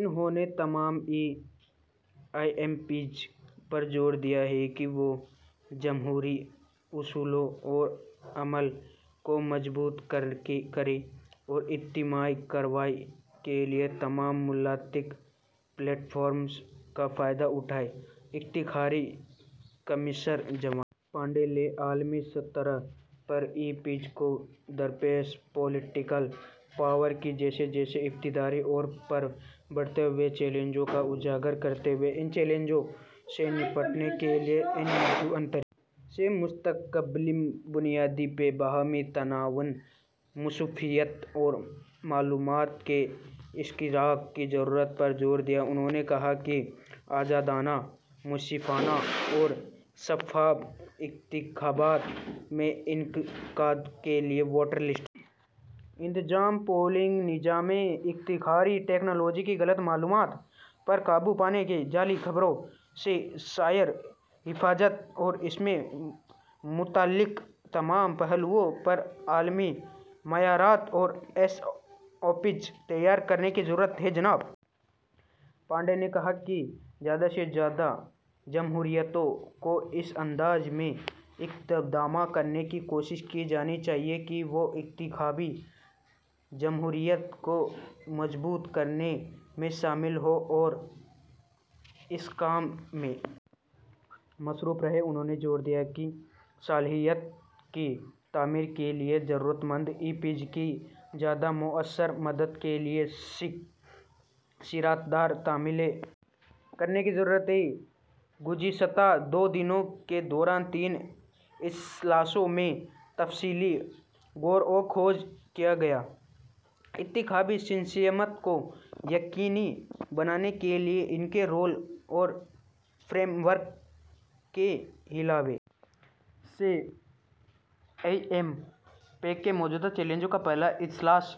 انہوں نے تمام ای ایم بیز پر زور دیا کہ وہ جمہوری اصولوں اور عمل کو مضبوط کریں اور اجتماعی کارروائی کے لیے تمام متعلقہ پلیٹ فارمز کا فائدہ اٹھائیں انتخابی کمشنر جناب پانڈے نے عالمی سطح پر ای ایم بیز کو درپیش پولرائزیشن پاپولزم ووٹروں کی بے حسی جیسے ابھرتے ہوئے چیلنجوں کو اجاگر کرتے ہوئے ان چیلنجوں سے نمٹنے کے لیے ایک منظم طریقے سے مستقل بنیادوں پر باہمی تعاون مسلسل مصروفیت اور معلومات کے اشتراک کی ضرورت پر زور دیا انہوں نے کہا کہ آزادانہ منصفانہ اور شفاف انتخابات کے انعقاد کے لیے ووٹر لسٹ کے انتظام پولنگ انتظامیہ انتخابی ٹیکنالوجی غلط معلومات پر قابو پانے جعلی خبروں سائبر تحفظ اور اس سے متعلقہ تمام پہلوؤں پر عالمی معیارات اور ایس او پیز تیار کرنے کی ضرورت ہے جناب پانڈے نے کہا کہ زیادہ سے زیادہ جمہوریتوں کو اس انداز میں یکجا کرنے کی کوششیں کی جانی چاہئیں کہ وہ انتخابی جمہوریت کو مضبوط کرنے میں شامل ہوں اور اس کام میں مصروف رہیں انہوں نے زور دیا کہ صلاحیت کی تعمیر کے لیے ضرورت مند ای ایم بیز کی زیادہ موثر مدد کے لیے شراکت دار تنظیموں کے کردار کو از سر نو متعین کرنے کی ضرورت ہے گزشتہ دو دنوں کے دوران تین اجلاسوں میں تفصیلی غور و خوض کیا گیا انتخابی سالمیت کو یقینی بنانے کے لیے ان کے رول اور فریم ورک کے حوالے سے ای ایم بیز کو درپیش موجودہ چیلنجز پر پہلا اجلاس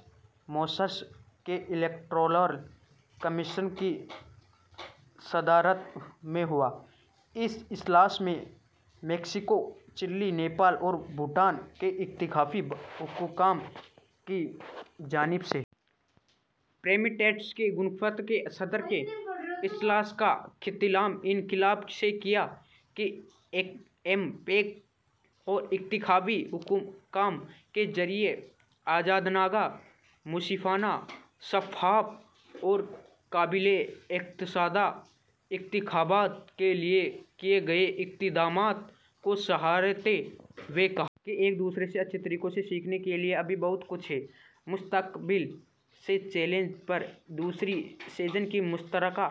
ماریشس کے الیکٹورل کمشنر کی زیر صدارت ہوا اس اجلاس میں میکسیکو چلی نیپال اور یونان کے انتخابی حکام کی جانب سے پریزنٹیشنز کی گئیں صدر نے اجلاس کا اختتام ان ای ایم بیز اور انتخابی حکام کے ذریعے آزادانہ منصفانہ شفاف اور قابل اعتماد انتخابات کے لیے کیے گئے اقدامات کو سراہتے ہوئے کہا کہ ایک دوسرے کے اچھے طور طریقوں سے سیکھنے کے لیے بہت کچھ ہے مستقبل کے چیلنجز پر دوسرے سیشن کی مشترکہ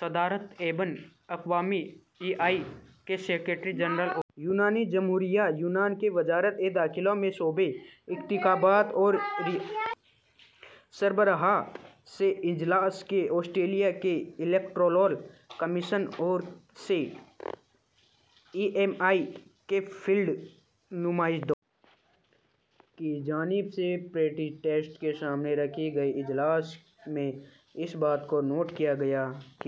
صدارت بین الاقوامی آئی ڈی ای اے کے سیکرٹری جنرل اور یونانی جمہوریہ یونان کی وزارت داخلہ کے شعبہ انتخابات اور سیاسی جماعتوں کے سربراہ نے کی اجلاس میں آسٹریلیا کے الیکٹورل کمیشن اور C O M E L E C Philippines کے نمائندوں کی جانب سے پریزنٹیشنز پیش کی گئیں اجلاس میں اس بات کو نوٹ کیا گیا کہ